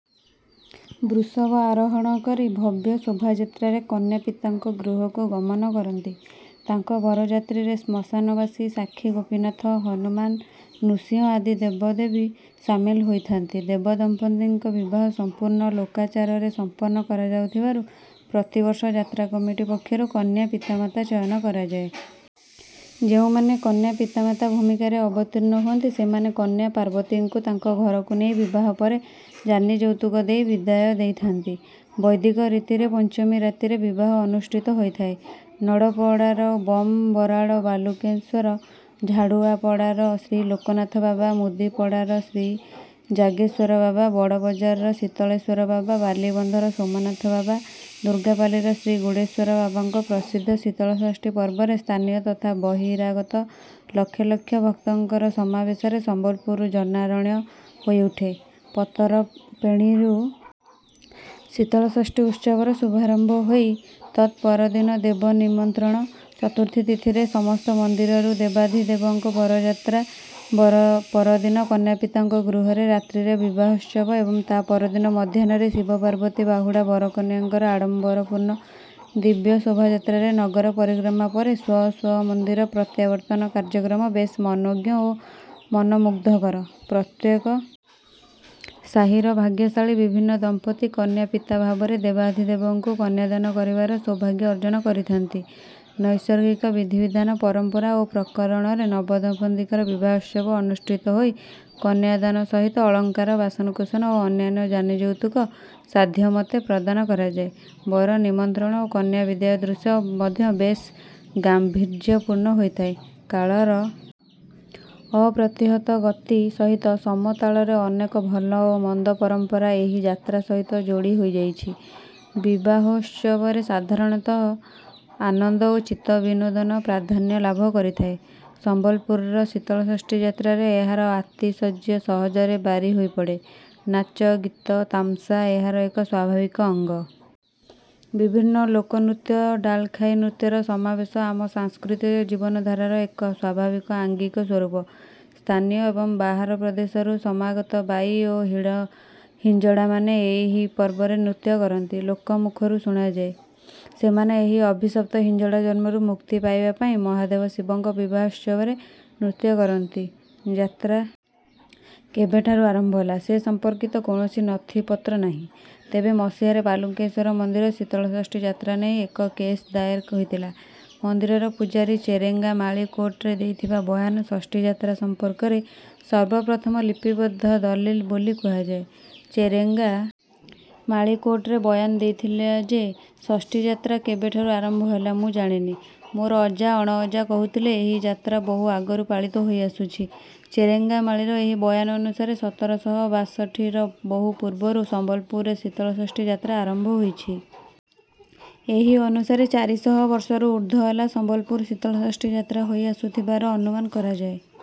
ବୃଷଭ ଆରୋହଣ କରି ଭବ୍ୟ ଶୋଭାଯାତ୍ରାରେ କନ୍ୟାପିତାଙ୍କ ଗୃହକୁ ଗମନ କରନ୍ତି। ତାଙ୍କ ବରଯାତ୍ରୀରେ ଶ୍ମଶାନବାସୀ, ସାକ୍ଷୀଗୋପୀନାଥ, ହନୁମାନ, ନୃସିଂହ ଆଦି ଦେବଦେବୀ ସାମିଲ ହୋଇଥାନ୍ତି। ଦେବଦମ୍ପତିଙ୍କ ବିବାହ ସମ୍ପୂର୍ଣ୍ଣ ଲୋକାଚାରରେ ସମ୍ପନ୍ନ କରାଯାଉଥିବାରୁ ପ୍ରତିବର୍ଷ ଯାତ୍ରା କମିଟି ପକ୍ଷରୁ କନ୍ୟା ପିତାମାତା ଚୟନ କରାଯାଏ। ଯେଉଁମାନେ କନ୍ୟା ପିତାମାତା ଭୂମିକାରେ ଅବତୀର୍ଣ୍ଣ ହୁଅନ୍ତି, ସେମାନେ କନ୍ୟା ପାର୍ବତୀଙ୍କୁ ତାଙ୍କ ଘରକୁ ନେଇ ବିବାହ ପରେ ଯାନିଯୌତୁକ ଦେଇ ବିଦାୟ ଦେଇଥାନ୍ତି। ବୈଦିକ ରୀତିରେ ପଞ୍ଚମୀ ରାତିରେ ବିବାହ ଅନୁଷ୍ଠିତ ହୋଇଥାଏ। ନନ୍ଦପଡ଼ାର ବମ୍ ବରାଡ଼ ବାଲୁଙ୍କେଶ୍ୱର, ଝାଡ଼ୁଆପଡ଼ାର ଶ୍ରୀଲୋକନାଥ ବାବା, ମୁଦିପଡ଼ାର ଶ୍ରୀଜାଗେଶ୍ୱର ବାବା, ବଡ଼ବଜାରର ଶୀତଳେଶ୍ୱର ବାବା, ବାଲିବନ୍ଧର ସୋମନାଥ ବାବା, ଦୁର୍ଗାପାଲିର ଶ୍ରୀଗୁଡ଼େଶ୍ୱର ବାବାଙ୍କ ପ୍ରସିଦ୍ଧ ଶୀତଳଷଷ୍ଠୀ ପର୍ବରେ ସ୍ଥାନୀୟ ତଥା ବହିରାଗତ ଲକ୍ଷ ଲକ୍ଷ ଭକ୍ତଙ୍କର ସମାବେଶରେ ସମ୍ବଲପୁର ଜନାରଣ୍ୟ ହୋଇଉଠେ। ପତରପେଁଡ଼ିରୁ ଶୀତଳଷଷ୍ଠୀ ଉତ୍ସବର ଶୁଭାରମ୍ଭ ହୋଇ, ତତ୍‌ପରଦିନ ଦେବ ନିମନ୍ତ୍ରଣ, ଚତୁର୍ଥୀ ତିଥିରେ ସମସ୍ତ ମନ୍ଦିରରୁ ଦେବାଧିଦେବଙ୍କ ବରଯାତ୍ରା, ପରଦିନ କନ୍ୟାପିତାଙ୍କ ଗୃହରେ ରାତ୍ରିରେ ବିବାହୋତ୍ସବ ଏବଂ ତା’ପରଦିନ ମଧ୍ୟାହ୍ନରେ ଶିବପାର୍ବତୀ ବାହୁଡ଼ା ବରକନ୍ୟାଙ୍କର ଆଡ଼ମ୍ବରପୂର୍ଣ୍ଣ ଦିବ୍ୟ ଶୋଭାଯାତ୍ରାରେ ନଗର ପରିକ୍ରମା ପରେ ସ୍ୱ ସ୍ୱ ମନ୍ଦିର ପ୍ରତ୍ୟାବର୍ତ୍ତନ କାର୍ଯ୍ୟକ୍ରମ ବେଶ୍ ମନୋଜ୍ଞ ଓ ମନମୁଗ୍ଧକର। ପ୍ରତ୍ୟେକ ସାହିର ଭାଗ୍ୟଶାଳୀ ବିଭିନ୍ନ ଦମ୍ପତି କନ୍ୟାପିତା ଭାବରେ ଦେବାଧିଦେବଙ୍କୁ କନ୍ୟାଦାନ କରିବାର ସୌଭାଗ୍ୟ ଅର୍ଜନ କରିଥାନ୍ତି। ନୈସର୍ଗିକ ବିଧିବିଧାନ, ପରମ୍ପରା ଓ ପ୍ରକରଣରେ ନବଦମ୍ପତିଙ୍କର ବିବାହୋତ୍ସବ ଅନୁଷ୍ଠିତ ହୋଇ କନ୍ୟାଦାନ ସହିତ ଅଳଙ୍କାର, ବାସନକୁସନ ଓ ଅନ୍ୟାନ୍ୟ ଯାନିଯୌତୁକ ସାଧ୍ୟମତେ ପ୍ରଦାନ କରାଯାଏ। ବର ନିମନ୍ତ୍ରଣ ଓ କନ୍ୟା ବିଦାୟ ଦୃଶ୍ୟ ମଧ୍ୟ ବେଶ୍ ଗାମ୍ଭୀର୍ଯ୍ୟପୂର୍ଣ୍ଣ ହୋଇଥାଏ। କାଳର ଅପ୍ରତିହତ ଗତି ସହିତ ସମତାଳରେ ଅନେକ ଭଲ ଓ ମନ୍ଦ ପରମ୍ପରା ଏହି ଯାତ୍ରା ସହିତ ଯୋଡ଼ି ହୋଇଯାଇଛି। ବିବାହୋତ୍ସବରେ ସାଧାରଣତଃ ଆନନ୍ଦ ଓ ଚିତ୍ତବିନୋଦନ ପ୍ରାଧାନ୍ୟ ଲାଭ କରିଥାଏ। ସମ୍ବଲପୁରର ଶୀତଳଷଷ୍ଠୀ ଯାତ୍ରାରେ ଏହାର ଆତିଶଯ୍ୟ ସହଜରେ ବାରି ହୋଇପଡ଼େ। ନାଚ, ଗୀତ, ତାମସା ଏହାର ଏକ ସ୍ୱାଭାବିକ ଅଙ୍ଗ। ବିଭିନ୍ନ ଲୋକନୃତ୍ୟ, ଡାଲଖାଇ ନୃତ୍ୟର ସମାବେଶ ଆମ ସାଂସ୍କୃତିକ ଜୀବନଧାରାର ଏକ ସ୍ୱାଭାବିକ ଆଙ୍ଗିକ ସ୍ୱରୂପ। ସ୍ଥାନୀୟ ଏବଂ ବାହାର ପ୍ରଦେଶରୁ ସମାଗତ ବାଈ ଓ ହିଞ୍ଜଡ଼ାମାନେ ଏହି ପର୍ବରେ ନୃତ୍ୟ କରନ୍ତି। ଲୋକମୁଖରୁ ଶୁଣାଯାଏ, "ସେମାନେ ଏହି ଅଭିଶପ୍ତ ହିଞ୍ଜଡ଼ା ଜନ୍ମରୁ ମୁକ୍ତି ପାଇବା ପାଇଁ ମହାଦେବ ଶିବଙ୍କ ବିବାହୋତ୍ସବରେ ନୃତ୍ୟ କରନ୍ତି"।ଯାତ୍ରା କେବେଠାରୁ ଆରମ୍ଭ ହେଲା, ସେ ସମ୍ପର୍କିତ କୌଣସି ନଥିପତ୍ର ନାହିଁ। ତେବେ ମସିହାରେ ବାଲୁଙ୍କେଶ୍ୱର ମନ୍ଦିର ଶୀତଳଷଷ୍ଠୀ ଯାତ୍ରା ନେଇ ଏକ କେସ୍ ଦାଏର ହୋଇଥିଲା। ମନ୍ଦିରର ପୂଜାରୀ ଚେରେଙ୍ଗା ମାଳୀ କୋର୍ଟରେ ଦେଇଥିବା ବୟାନ ଷଷ୍ଠୀ ଯାତ୍ରା ସମ୍ପର୍କରେ ସର୍ବପ୍ରଥମ ଲିପିବଦ୍ଧ ଦଲିଲ ବୋଲି କୁହାଯାଏ। ଚେରେଙ୍ଗା ମାଳୀ କୋର୍ଟରେ ବୟାନ ଦେଇଥିଲା ଯେ, ଷଷ୍ଠୀ ଯାତ୍ରା କେବେଠାରୁ ଆରମ୍ଭ ହେଲା ମୁଁ ଜାଣିନି। ମୋର ଅଜା, ପଣଅଜା କହୁଥିଲେ ଏହି ଯାତ୍ରା ବହୁ ଆଗରୁ ପାଳିତ ହୋଇଆସୁଛି। ଚେରେଙ୍ଗା ମାଳୀର ଏହି ବୟାନ ଅନୁସାରେ ସତର ଶହ ବାଷଠିର ବହୁ ପୂର୍ବରୁ ସମ୍ବଲପୁରରେ ଶୀତଳଷଷ୍ଠୀ ଯାତ୍ରା ଆରମ୍ଭ ହୋଇଛି। ଏହି ଅନୁସାରେ ଚାରି ଶହ ବର୍ଷରୁ ଊର୍ଦ୍ଧ୍ୱ ହେଲା ସମ୍ବଲପୁର ଶୀତଳଷଷ୍ଠୀ ଯାତ୍ରା ହୋଇଆସୁଥିବାର ଅନୁମାନ କରାଯାଏ।